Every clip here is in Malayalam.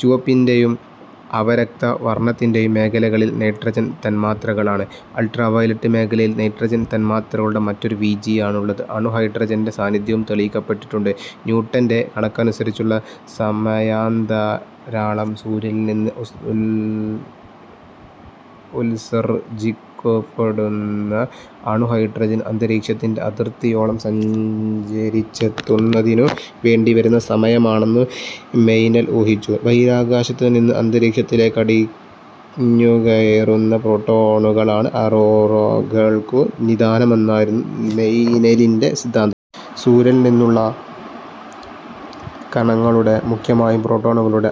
ചുവപ്പിന്റെയും അവരക്തവർണത്തിന്റെയും മേഖലകളിൽ നൈട്രജൻ തന്മാത്രകളാണ്. അൾട്രാവയലറ്റ് മേഖലയിൽ നൈട്രജൻ തന്മാത്രകളുടെ മറ്റൊരു വീചിയാണുള്ളത്. അണുഹൈഡ്രജന്റെ സാന്നിധ്യവും തെളിയിക്കപ്പെട്ടിട്ടുണ്ട്. ന്യൂട്ടന്റെ കണക്കനുസരിച്ചുള്ള സമയാന്തരാളം സൂര്യനിൽനിന്ന് ഉത്സർജിക്കപ്പെടുന്ന അണുഹൈഡ്രജന് അന്തരീക്ഷത്തിന്റെ അതിർത്തിയോളം സഞ്ചരിച്ചെത്തുന്നതിനു വേണ്ടിവരുന്ന സമയമാണെന്നു മെയ്നെൽ ഊഹിച്ചു. ബഹിരാകാശത്തിൽ നിന്ന് അന്തരീക്ഷത്തിലേക്കടിഞ്ഞുകയറുന്ന പ്രോട്ടോണുകളാണ് അറോറാകൾക്കു നിദാനമെന്നായിരുന്നു മെയ്നെലിന്റെ സിദ്ധാന്തം. സൂര്യനിൽ നിന്നുള്ള കണങ്ങളുടെ, മുഖ്യമായും പ്രോട്ടോണുകളുടെ,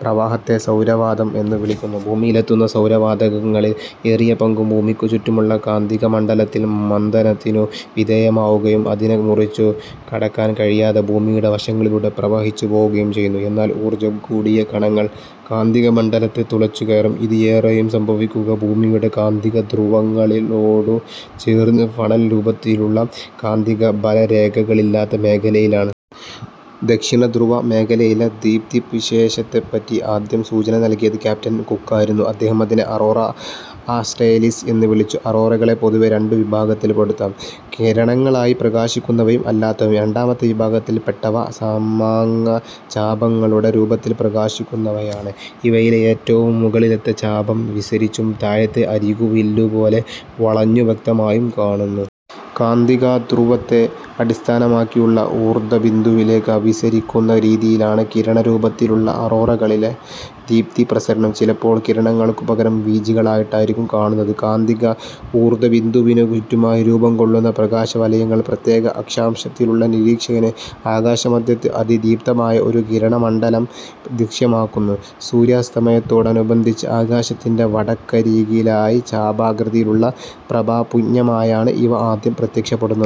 പ്രവാഹത്തെ സൗരവാതം എന്നു വിളിക്കുന്നു. ഭൂമിയിലെത്തുന്ന സൗരവാതകണങ്ങളിൽ ഏറിയപങ്കും ഭൂമിക്കു ചുറ്റുമുള്ള കാന്തികമണ്ഡലത്തിൽ മന്ദനത്തിനു വിധേയമാവുകയും, അതിനെ മുറിച്ചു കടക്കാൻ കഴിയാതെ ഭൂമിയുടെ വശങ്ങളിലൂടെ പ്രവഹിച്ചുപോവുകയും ചെയ്യുന്നു. എന്നാൽ ഊർജ്ജം കൂടിയ കണങ്ങൾ കാന്തികമണ്ഡലത്തെ തുളച്ചു കടക്കും. ഇത് ഏറെയും സംഭവിക്കുക ഭൂമിയുടെ കാന്തികധ്രുവങ്ങളോടു ചേർന്ന് ഫണൽ രൂപത്തിലുള്ള, കാന്തികബലരേഖകളില്ലാത്ത മേഖലയിലാണ്. ദക്ഷിണധ്രുവ മേഖലയിലെ ദീപ്തിവിശേഷത്തെപ്പറ്റി ആദ്യം സൂചന നല്കിയത് ക്യാപ്റ്റൻ കുക്ക് ആയിരുന്നു. അദ്ദേഹം അതിനെ 'അറോറാ ആസ്റ്റ്രേലിസ്' എന്നു വിളിച്ചു. അറോറാകളെ പൊതുവേ രണ്ടു വിഭാഗത്തിൽ പ്പെടുത്താം: കിരണങ്ങളായി പ്രകാശിക്കുന്നവയും അല്ലാത്തവയും. രണ്ടാമത്തെ വിഭാഗത്തിൽ പ്പെട്ടവ സമാംഗചാപങ്ങളുടെ രൂപത്തിൽ പ്രകാശിക്കുന്നവയാണ്. ഇവയിലെ ഏറ്റവും മുകളിലത്തെ ചാപം വിസരിച്ചും താഴത്തെ അരികു വില്ലുപോലെ വളഞ്ഞു വ്യക്തമായും കാണുന്നു. കാന്തികധ്രുവത്തെ അടിസ്ഥാനമാക്കിയുള്ള ഊർധ്വബിന്ദു വിലേക്ക് അഭിസരിക്കുന്ന രീതിയിലാണ് കിരണരൂപത്തിലുള്ള അറോറാകളിലെ ദീപ്തിപ്രസരണം. ചിലപ്പോൾ കിരണങ്ങൾക്കുപകരം വീചികളായിട്ടായിരിക്കും കാണുന്നത്. കാന്തിക-ഊർധ്വബിന്ദുവിനു ചുറ്റുമായി രൂപംകൊള്ളുന്ന പ്രകാശവലയങ്ങൾ പ്രത്യേക അക്ഷാംശത്തിലുള്ള നിരീക്ഷകന്, ആകാശമധ്യത്ത് അതിദീപ്തമായ ഒരു കിരണമണ്ഡലം ദൃശ്യമാക്കുന്നു. സൂര്യാസ്തമയത്തോടനുബന്ധിച്ച് ആകാശത്തിന്റെ വടക്കരികിലായി ചാപാകൃതിയിലുള്ള പ്രഭാപുഞ്ജമായാണ് ഇവ ആദ്യം പ്രത്യക്ഷപ്പെടുന്നത്.